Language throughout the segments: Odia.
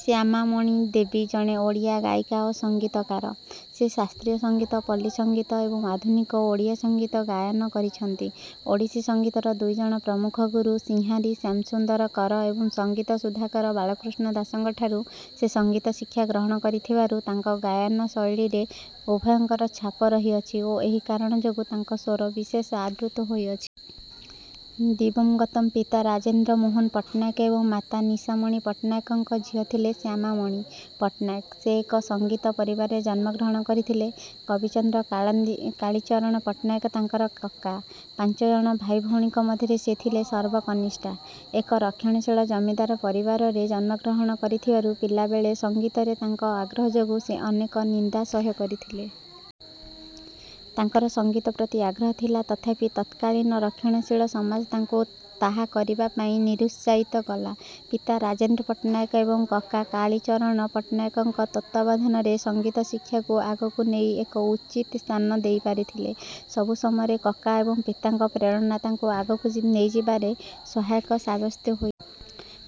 ଶ୍ୟାମାମଣି ଦେବୀ ଜଣେ ଓଡ଼ିଆ ଗାୟିକା ଓ ସଙ୍ଗୀତକାର। ସେ ଶାସ୍ତ୍ରୀୟ ସଙ୍ଗୀତ ପଲ୍ଲୀ ସଙ୍ଗୀତ ଏବଂ ଆଧୁନିକ ଓଡ଼ିଆ ସଙ୍ଗୀତ ଗାୟନ କରିଛନ୍ତି। ଓଡ଼ିଶୀ ସଙ୍ଗୀତର ଦୁଇଜଣ ପ୍ରମୁଖ ଗୁରୁ ସିଂହାରୀ ଶ୍ୟାମସୁନ୍ଦର କର ଏବଂ ସଙ୍ଗୀତ ସୁଧାକର ବାଳକୃଷ୍ଣ ଦାସଙ୍କଠାରୁ ସେ ସଙ୍ଗୀତ ଶିକ୍ଷା ଗ୍ରହଣ କରିଥିବାରୁ ତାଙ୍କ ଗାୟନ ଶୈଳୀରେ ଉଭୟଙ୍କ ଛାପ ରହିଅଛି ଓ ଏହି କାରଣ ଯୋଗୁଁ ତାଙ୍କ ସ୍ୱର ବିଶେଷ ଆଦୃତ ହୋଇଅଛି। ଦିବଂଗତ ପିତା ରାଜେନ୍ଦ୍ର ମୋହନ ପଟ୍ଟନାୟକ ଏବଂ ମାତା ନିଶାମଣି ପଟ୍ଟନାୟକଙ୍କ ଝିଅ ଥିଲେ ଶ୍ୟାମାମଣି ପଟ୍ଟନାୟକ। ସେ ଏକ ସଙ୍ଗୀତ ପରିବାରରେ ଜନ୍ମଗ୍ରହଣ କରିଥିଲେ। କବିଚନ୍ଦ୍ର କାଳୀଚରଣ ପଟ୍ଟନାୟକ ତାଙ୍କର କକା। ପାଞ୍ଚ ଜଣ ଭାଇଭଉଣୀଙ୍କ ମଧ୍ୟରେ ସେ ଥିଲେ ସର୍ବକନିଷ୍ଠା। ଏକ ରକ୍ଷଣଶୀଳ ଜମିଦାର ପରିବାରରେ ଜନ୍ମଗ୍ରହଣ କରିଥିବାରୁ ପିଲାବେଳେ ସଙ୍ଗୀତରେ ତାଙ୍କ ଆଗ୍ରହ ଯୋଗୁଁ ସେ ଅନେକ ନିନ୍ଦା ସହ୍ୟ କରିଥିଲେ। ତାଙ୍କର ସଙ୍ଗୀତ ପ୍ରତି ଆଗ୍ରହ ଥିଲା ତଥାପି ତତ୍କାଳୀନ ରକ୍ଷଣଶୀଳ ସମାଜ ତାଙ୍କୁ ତାହା କରିବା ପାଇଁ ନିରୁତ୍ସାହିତ କଲା। ପିତା ରାଜେନ୍ଦ୍ର ପଟ୍ଟନାୟକ ଏବଂ କକା କାଳୀଚରଣ ପଟ୍ଟନାୟକଙ୍କ ତତ୍ତ୍ୱାବଧାନରେ ସଙ୍ଗୀତ ଶିକ୍ଷାକୁ ଆଗକୁ ନେଇ ଏକ ଉଚିତ ସ୍ଥାନ ଦେଇପାରିଥିଲେ। ସବୁ ସମୟରେ କକା ଏବଂ ପିତାଙ୍କ ପ୍ରେରଣା ତାଙ୍କୁ ଆଗକୁ ନେଇଯିବାରେ ସହାୟକ ସାବ୍ୟସ୍ତ ହୋଇଥିଲା।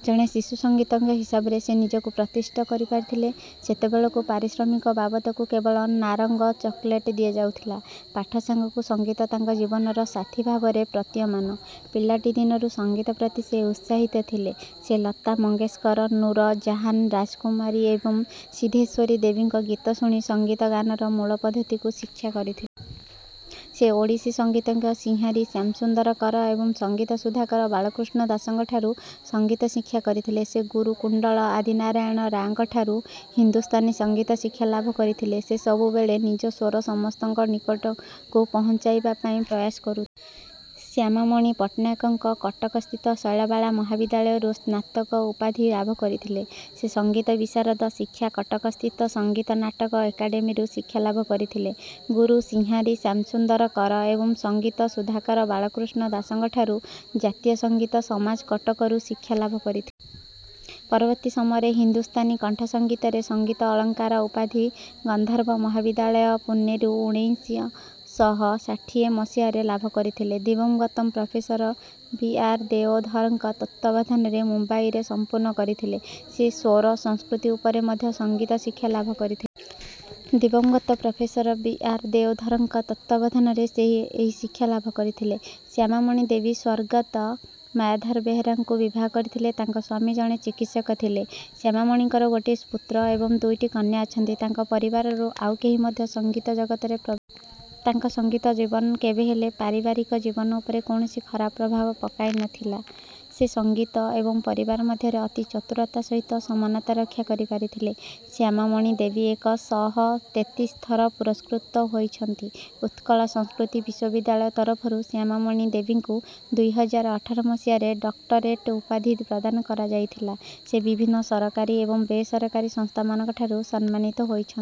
ଜଣେ ଶିଶୁ ସଙ୍ଗୀତଜ୍ଞ ହିସାବରେ ସେ ନିଜକୁ ପ୍ରତିଷ୍ଠିତ କରିପାରିଥିଲେ। ସେତେବେଳକୁ ପାରିଶ୍ରମିକ ବାବଦକୁ କେବଳ ନାରଙ୍ଗ ଚକୋଲେଟ ଦିଆଯାଉଥିଲା। ପାଠ ସାଙ୍ଗକୁ ସଙ୍ଗୀତ ତାଙ୍କ ଜୀବନର ସାଥୀ ଭାବରେ ପ୍ରତିୟମାନ। ପିଲାଟିଦିନରୁ ସଙ୍ଗୀତ ପ୍ରତି ସେ ଉତ୍ସାହିତ ଥିଲେ। ସେ ଲତା ମଙ୍ଗେସକର ନୂର ଜାହାନ ରାଜକୁମାରୀ ଏବଂ ସିଦ୍ଧେଶ୍ୱରୀ ଦେବୀଙ୍କ ଗୀତ ଶୁଣି ସଙ୍ଗୀତ ଗାନର ମୂଳ ପଦ୍ଧତିକୁ ଶିକ୍ଷା କରିଥିଲେ। ସେ ଓଡ଼ିଶୀ ସଙ୍ଗୀତଜ୍ଞ ସିଂହାରୀ ଶ୍ୟାମସୁନ୍ଦର କର ଏବଂ ସଙ୍ଗୀତ ସୁଧାକର ବାଳକୃଷ୍ଣ ଦାସଙ୍କଠାରୁ ସଙ୍ଗୀତ ଶିକ୍ଷା କରିଥିଲେ। ସେ ଗୁରୁ କୁଣ୍ଡଳ ଆଦିନାରାୟଣ ରାଓଙ୍କଠାରୁ ହିନ୍ଦୁସ୍ଥାନୀ ସଙ୍ଗୀତ ଶିକ୍ଷା ଲାଭ କରିଥିଲେ। ସେ ସବୁବେଳେ ନିଜ ସ୍ୱର ସମସ୍ତଙ୍କ ନିକଟକୁ ପହଞ୍ଚାଇବା ପାଇଁ ପ୍ରୟାସ କରୁଥିଲେ। ଶ୍ୟାମାମଣି ପଟ୍ଟନାୟକ କଟକସ୍ଥିତ ଶୈଳବାଳା ମହାବିଦ୍ୟାଳୟରୁ ସ୍ନାତକ ଉପାଧି ଲାଭ କରିଥିଲେ। ସେ ସଙ୍ଗୀତ ବିଶାରଦ ଶିକ୍ଷା କଟକସ୍ଥିତ ସଙ୍ଗୀତ ନାଟକ ଏକାଡେମୀରୁ ଶିକ୍ଷାଲାଭ କରିଥିଲେ। ଗୁରୁ ସିଂହାରୀ ଶ୍ୟାମସୁନ୍ଦର କର ଏବଂ ସଙ୍ଗୀତ ସୁଧାକର ବାଳକୃଷ୍ଣ ଦାସଙ୍କଠାରୁ ଜାତୀୟ ସଙ୍ଗୀତ ସମାଜ କଟକରୁ ଶିକ୍ଷା ଲାଭ କରିଥିଲେ। ପରବର୍ତ୍ତୀ ସମୟରେ ହିନ୍ଦୁସ୍ତାନୀ କଣ୍ଠ ସଙ୍ଗୀତରେ ସଙ୍ଗୀତ ଅଳଙ୍କାର ଉପାଧି ଗନ୍ଧର୍ବ ମହାବିଦ୍ୟାଳୟ ପୁନେରୁ ଉଣେଇଶ ଶହ ଷାଠିଏ ମସିହାରେ ଲାଭ କରିଥିଲେ। ଦିବଂଗତ ପ୍ରଫେସର ବି ଆର ଦେଓଧରଙ୍କ ତତ୍ତ୍ୱାବଧାନରେ ମୁମ୍ବାଇରେ ସମ୍ପୂର୍ଣ୍ଣ କରିଥିଲେ। ସେ ସ୍ୱର ସଂସ୍କୃତି ଉପରେ ମଧ୍ୟ ସଙ୍ଗୀତ ଶିକ୍ଷା ଲାଭ କରିଥିଲେ। ଦିବଂଗତ ପ୍ରଫେସର ବି ଆର ଦେଓଧରଙ୍କ ତତ୍ତ୍ୱାବଧାନରେ ସେ ଏହି ଶିକ୍ଷା ଲାଭ କରିଥିଲେ। ଶ୍ୟାମାମଣି ଦେବୀ ସ୍ୱର୍ଗତ ମାୟାଧର ବେହେରାଙ୍କୁ ବିବାହ କରିଥିଲେ। ତାଙ୍କ ସ୍ୱାମୀ ଜଣେ ଚିକିତ୍ସକ ଥିଲେ। ଶ୍ୟାମାମଣିଙ୍କର ଗୋଟିଏ ପୁତ୍ର ଏବଂ ଦୁଇଟି କନ୍ୟା ଅଛନ୍ତି। ତାଙ୍କ ପରିବାରରୁ ଆଉ କେହି ମଧ୍ୟ ସଙ୍ଗୀତ ଜଗତରେ ପ୍ରବେଶ କରିନାହାନ୍ତି। ତାଙ୍କ ସଙ୍ଗୀତ ଜୀବନ କେବେହେଲେ ପାରିବାରିକ ଜୀବନ ଉପରେ କୌଣସି ଖରାପ ପ୍ରଭାବ ପକାଇନଥିଲା। ସେ ସଙ୍ଗୀତ ଏବଂ ପରିବାର ମଧ୍ୟରେ ଅତି ଚତୁରତାର ସହିତ ସମାନତା ରକ୍ଷା କରିପାରିଥିଲେ। ଶ୍ୟାମାମଣି ଦେବୀ ଏକ ଶହ ତେତିଶ ଥର ପୁରସ୍କୃତ ହୋଇଛନ୍ତି। ଉତ୍କଳ ସଂସ୍କୃତି ବିଶ୍ୱବିଦ୍ୟାଳୟ ତରଫରୁ ଶ୍ୟାମାମଣି ଦେବୀଙ୍କୁ ଦୁଇ ହଜାର ଅଠର ମସିହାରେ ଡକ୍ଟରେଟ ଉପାଧି ପ୍ରଦାନ କରାଯାଇଥିଲା। ସେ ବିଭିନ୍ନ ସରକାରୀ ଏବଂ ବେସରକାରୀ ସଂସ୍ଥାମାନଙ୍କଠାରୁ ସମ୍ମାନିତ ହୋଇଛନ୍ତି।